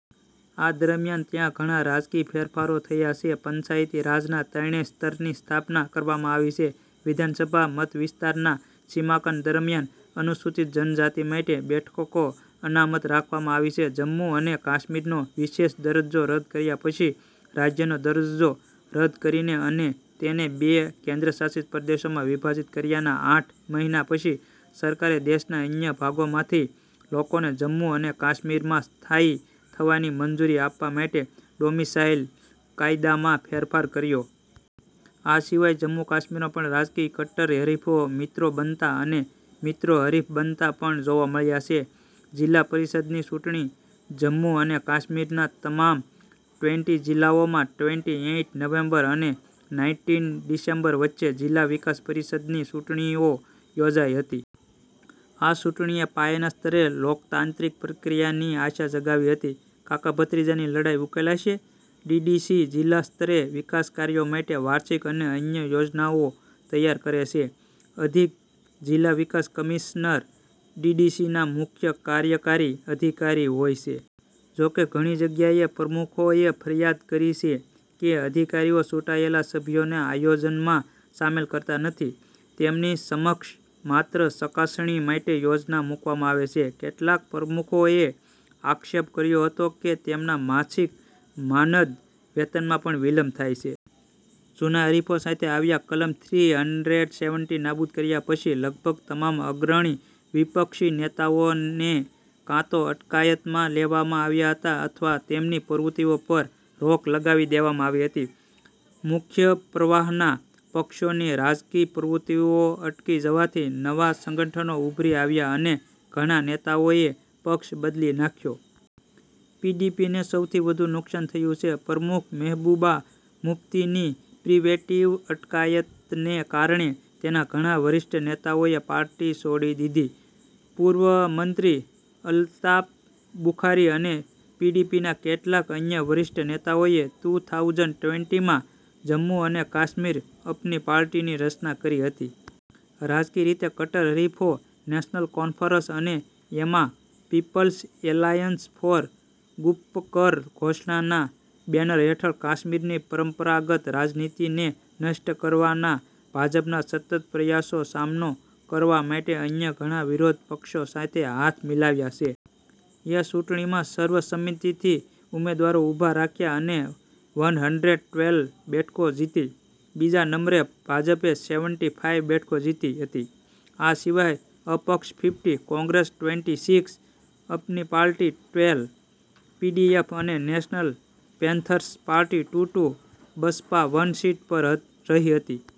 આ દરમિયાન ત્યાં ઘણા રાજકીય ફેરફારો થયા છે. પંચાયતી રાજના ત્રણેય સ્તરની સ્થાપના કરવામાં આવી છે, વિધાનસભા મતવિસ્તારના સીમાંકન દરમિયાન અનુસૂચિત જનજાતિ માટે બેઠકો અનામત રાખવામાં આવી છે. જમ્મુ અને કાશ્મીરનો વિશેષ દરજ્જો રદ કર્યા પછી, રાજ્યનો દરજ્જો રદ કરીને અને તેને બે કેન્દ્રશાસિત પ્રદેશોમાં વિભાજિત કર્યાના આઠ મહિના પછી, સરકારે દેશના અન્ય ભાગોમાંથી લોકોને જમ્મુ અને કાશ્મીરમાં સ્થાયી થવાની મંજૂરી આપવા માટે ડોમિસાઇલ કાયદામાં ફેરફાર કર્યો. આ સિવાય જમ્મુ-કાશ્મીરમાં પણ રાજકીય કટ્ટર હરીફો મિત્રો બનતા અને મિત્રો હરીફ બનતા પણ જોવા મળ્યા છે. જિલ્લા પરિષદની ચૂંટણી જમ્મુ અને કાશ્મીરના તમામ ટ્વેન્ટી જિલ્લાઓમાં ટ્વેન્ટી એઈટ નવેમ્બર અને નાઈનટિન ડિસેમ્બર, વચ્ચે જિલ્લા વિકાસ પરિષદ ની ચૂંટણીઓ યોજાઈ હતી. આ ચૂંટણીએ પાયાના સ્તરે લોકતાંત્રિક પ્રક્રિયાની આશા જગાવી હતી. કાકા-ભત્રીજાની લડાઈ ઉકેલાશે? ડીડીસી જિલ્લા સ્તરે વિકાસ કાર્યો માટે વાર્ષિક અને અન્ય યોજનાઓ તૈયાર કરે છે. અધિક જિલ્લા વિકાસ કમિશનર ડીડીસીના મુખ્ય કાર્યકારી અધિકારી હોય છે. જોકે, ઘણી જગ્યાએ પ્રમુખોએ ફરિયાદ કરી છે કે, અધિકારીઓ ચૂંટાયેલા સભ્યોને આયોજનમાં સામેલ કરતા નથી. તેમની સમક્ષ માત્ર ચકાસણી માટે યોજના મૂકવામાં આવે છે. કેટલાક પ્રમુખોએ આક્ષેપ કર્યો હતો કે, તેમના માસિક માનદ વેતનમાં પણ વિલંબ થાય છે. જૂના હરીફો સાથે આવ્યા કલમ થ્રી હન્ડ્રેડ સેવેનટી નાબૂદ કર્યા પછી, લગભગ તમામ અગ્રણી વિપક્ષી નેતાઓને કાં તો અટકાયતમાં લેવામાં આવ્યા હતા અથવા તેમની પ્રવૃત્તિઓ પર રોક લગાવી દેવામાં આવી હતી. મુખ્ય પ્રવાહના પક્ષોની રાજકીય પ્રવૃત્તિઓ અટકી જવાથી, નવા સંગઠનો ઉભરી આવ્યા અને ઘણા નેતાઓએ પક્ષ બદલી નાખ્યો. પીડીપીને સૌથી વધુ નુકસાન થયું છે. પ્રમુખ મહેબૂબા મુફ્તીની 'પ્રિવેન્ટિવ' અટકાયતને કારણે, તેના ઘણા વરિષ્ઠ નેતાઓએ પાર્ટી છોડી દીધી. પૂર્વ મંત્રી અલ્તાફ બુખારી અને પીડીપીના કેટલાક અન્ય વરિષ્ઠ નેતાઓએ ટૂ થાઉસન્ડ ટ્વેન્ટીમાં 'જમ્મુ અને કાશ્મીર અપની પાર્ટી'ની રચના કરી હતી. રાજકીય રીતે કટ્ટર હરીફો નેશનલ કોન્ફરન્સ અને એ માં પીપલ્સ એલાયન્સ ફોર ગુપકર ઘોષણા ના બેનર હેઠળ કાશ્મીરની પરંપરાગત રાજનીતિને નષ્ટ કરવાના ભાજપના સતત પ્રયાસોનો સામનો કરવા માટે અન્ય ઘણા વિરોધ પક્ષો સાથે હાથ મિલાવ્યા છે. એ ચૂંટણીમાં સર્વસંમતિથી ઉમેદવારો ઉભા રાખ્યા અને વન હંડ્રેડ ટ્વેલ્વ બેઠકો જીતી. બીજા નંબરે ભાજપે સેવેનટી ફાઈવ બેઠકો જીતી હતી. આ સિવાય અપક્ષ fifty, Congress twenty six, Apni party twelve, PDF અને national panthers party two two, Baspa one seat પર રહી હતી.